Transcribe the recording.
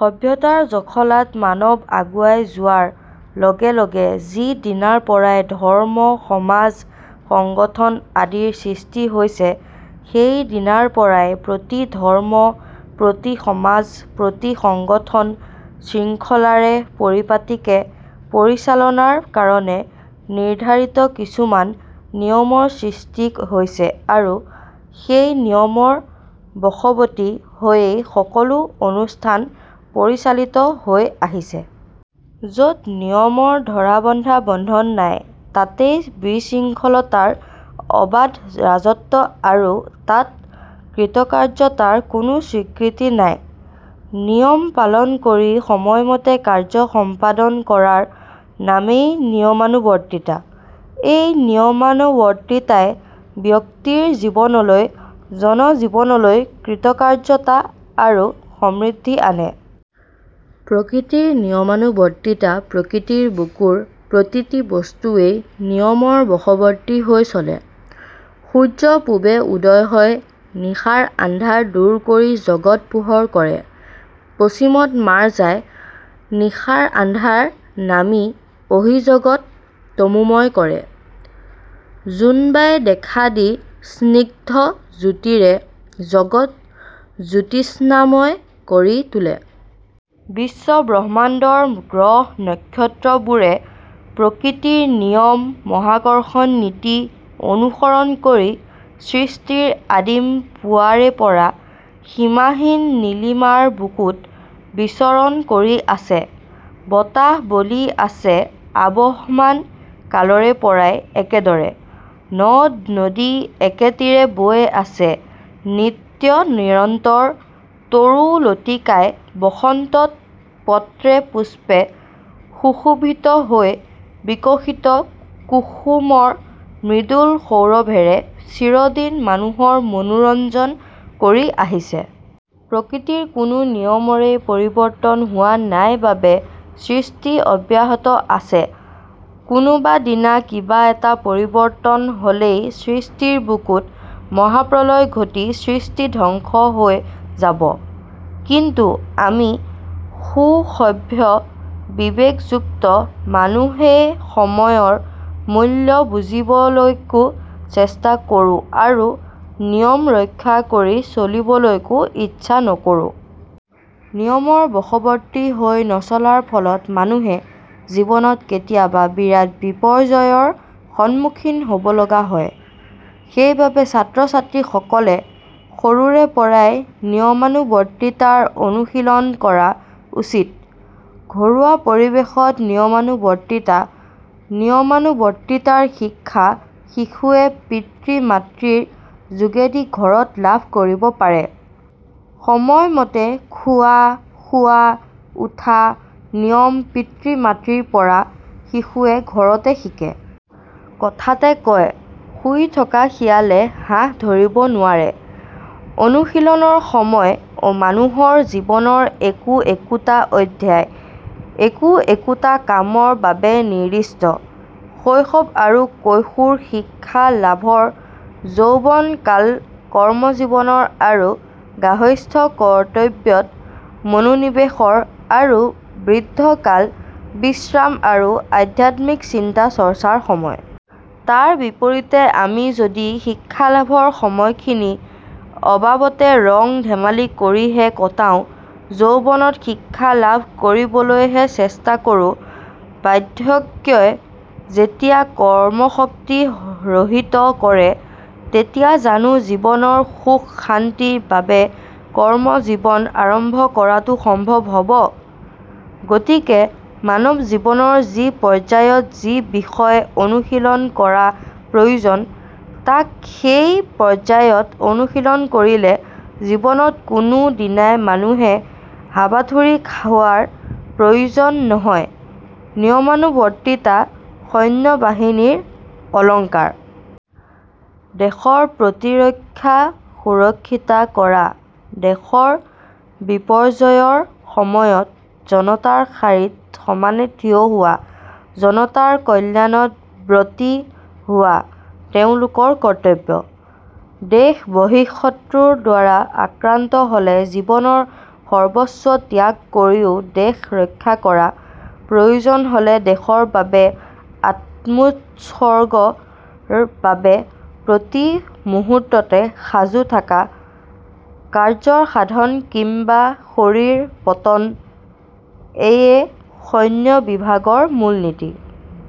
সভ্যতাৰ জখলাত মানৱ আগুৱাই যােৱাৰ লগে লগে যি দিনাৰপৰাই ধৰ্ম, সমাজ সংগঠন আদিৰ সৃষ্টি হৈছে, সেই দিনাৰপৰাই প্ৰতি ধৰ্ম, প্ৰতি সমাজ, প্ৰতি সংগঠন শৃংখলাৰে, পৰিপাটিকে পৰিচালনাৰ কাৰণে নিৰ্ধাৰিত কিছুমান নিয়মৰ সৃষ্টি হৈছে আৰু সেই নিয়মৰ বশৱৰ্তী হৈয়েই সকলাে অনুষ্ঠান পৰিচালিত হৈ আহিছে। যত নিয়মৰ ধৰা-বন্ধা বন্ধন নাই, তাতেই বিশৃংখলতাৰ অবাধ ৰাজত্ব আৰু তাত কৃতকাৰ্যতাৰ কোনাে স্বীকৃতি নাই। নিয়ম পালন কৰি সময়মতে কাৰ্য সম্পাদন কৰাৰ নামেই নিয়মানুৱৰ্তিতা। এই নিয়মানৱৰ্তিতাই ব্যক্তিৰ জীৱনলৈ, জনজীৱনলৈ কৃতকাৰ্যতা আৰু সমৃদ্ধি আনে। প্ৰকৃতিৰ নিয়মানুবৰ্তিতা প্ৰকৃতিৰ বুকুৰ প্ৰতিটি বস্তুৱেই নিয়মৰ বশৱৰ্তী হৈ চলে। সূৰ্য পূবে উদয় হয়; নিশাৰ আন্ধাৰ দূৰ কৰি জগৎ পােহৰ কৰে; পশ্চিমত মাৰ যায়; নিশাৰ আন্ধাৰ নামি আহিজগৎ তমােময় কৰে। জোনবায়ে দেখা দি স্নিগ্ধ জ্যোতিৰে জগৎ জ্যোৎস্নাময় কৰি তােলে। বিশ্ব ব্ৰহ্মাণ্ডৰ গ্ৰহ-নক্ষত্ৰবােৰে প্ৰকৃতিৰ নিয়ম, মহাকৰ্ষৰ্ণনীতি অনুসৰণ কৰি সৃষ্টিৰ আদিম পুৱাৰেপৰা সীমাহীন নীলিমাৰ বুকুত বিচৰণ কৰি আছে; বতাহ বলি আছে আবহমান কালৰেপৰাই একেদৰে। নদ-নদী একেতিৰে বৈ আছে নিত্য-নিৰন্তৰ তৰু-লতিকাই বসন্তত পত্ৰে-পুষ্পে সুশােভিত হৈ বিকশিত কুসুমৰ মৃদুল সৌৰভেৰে চিৰদিন মানুহৰ মনােৰঞ্জন কৰি আহিছে। প্ৰকৃতিৰ কোনাে নিয়মৰে পৰিৱৰ্তন হােৱা নাই বাবেই সৃষ্টি অব্যাহত আছে কোনােবাদিনা কিবা এটা পৰিৱৰ্তন হ'লেই সৃষ্টিৰ বুকুত মহাপ্ৰলয় ঘটি সৃষ্টি ধ্বংস হৈ যাব। কিন্তু আমি সুসভ্য, বিবেকযুক্ত মানুহেসময়ৰ মূল্য বুজিবলৈকো চেষ্টা কৰাে আৰু নিয়ম ৰক্ষা কৰি চলিবলৈকো ইচ্ছা নকৰাে। নিয়মৰ বশৱৰ্তী হৈনচলাৰ ফলত মানুহে জীৱনত কেতিয়াবা বিৰাট বিপৰ্যয়ৰ সন্মুখীন হ'বলগা হয়। সেইবাবে ছাত্ৰ-ছাত্ৰীসকলে সৰুৰেপৰাই নিয়মানুবৰ্তিতাৰ অনুশীলন কৰা উচিত। ঘৰুৱা পৰিৱেশত নিয়মানুবৰ্তিতা নিয়মানুবৰ্তিতাৰ শিক্ষা শিশুৱে পিতৃ-মাতৃৰ যােগেদি ঘৰতে লাভ কৰিব পাৰে। সময় মতে খােৱা, শােৱা, উঠাৰ নিয়ম পিতৃ-মাতৃৰপৰা শিশুৱে ঘৰতে শিকে। কথাতে কয়- "শুই থকা শিয়ালে হাঁহ ধৰিব নােৱাৰে। " অনুশীলনৰ সময় মানুহৰ জীৱনৰ একো একোটা অধ্যায়, একো একোটা কামৰ বাবে নিৰ্দিষ্ট। শৈশৱ আৰু কৈশােৰ শিক্ষা লাভৰ যৌৱন কাল কৰ্মজীৱন আৰু গাহস্থ্য কৰ্তব্যত মনােনিৱেশৰ আৰু বৃদ্ধ কাল বিশ্ৰাম আৰু আধ্যাত্মিক চিন্তা-চৰ্চাৰ সময়। তাৰ বিপৰীতে আমি যদি শিক্ষালাভৰ সময়খিনি অবাবতে ৰং-ধেমালি কৰিহে কটাওঁ; যৌৱনত শিক্ষা লাভ কৰিবলৈহে চেষ্টা কৰো; বাৰ্দ্ধক্যই যেতিয়া কৰ্মশক্তি ৰহিত কৰিব, তেতিয়া জানাে জীৱনৰ সুখ-শান্তিৰ বাবে কৰ্ম-জীৱন আৰম্ভ কৰাটো সম্ভৱ হ'ব? গতিকে মানৱ জীৱনৰ যি পৰ্যায়ত, যি বিষয় অনুশীলন কৰাৰ প্ৰয়ােজন, তাক সেই পৰ্যায়ত অনুশীলন কৰিলে জীৱনত কোনাে দিনাই মানুহে হাবাথুৰি খােৱাৰ প্ৰয়ােজন নহয়, নিয়মানুবৰ্তিতা সৈন্যবাহিনীৰ অলংকাৰ। দেশৰ প্ৰতিৰক্ষা সুৰক্ষিত কৰা, দেশৰ বিপৰ্যয়ৰ সময়ত জনতাৰ শাৰীত সমানে থিয় হােৱা, জনতাৰ কল্যাণত ব্ৰতী হােৱা তেওঁলােকৰ কৰ্তব্য। দেশ বহিঃশত্ৰুৰ দ্বাৰা আক্ৰান্ত হলে জীৱনৰ সৰ্বস্ব ত্যাগ কৰিও দেশ ৰক্ষা কৰা, প্ৰয়ােজন হলে দেশৰ বাবে আত্মােৎসৰ্গৰ বাবেও প্ৰতি মুহূৰ্ততে সাজু থকা, "কাৰ্যৰ সাধন কিম্বা শৰীৰ পতন" -এয়ে সৈন্য বিভাগৰ মূলনীতি।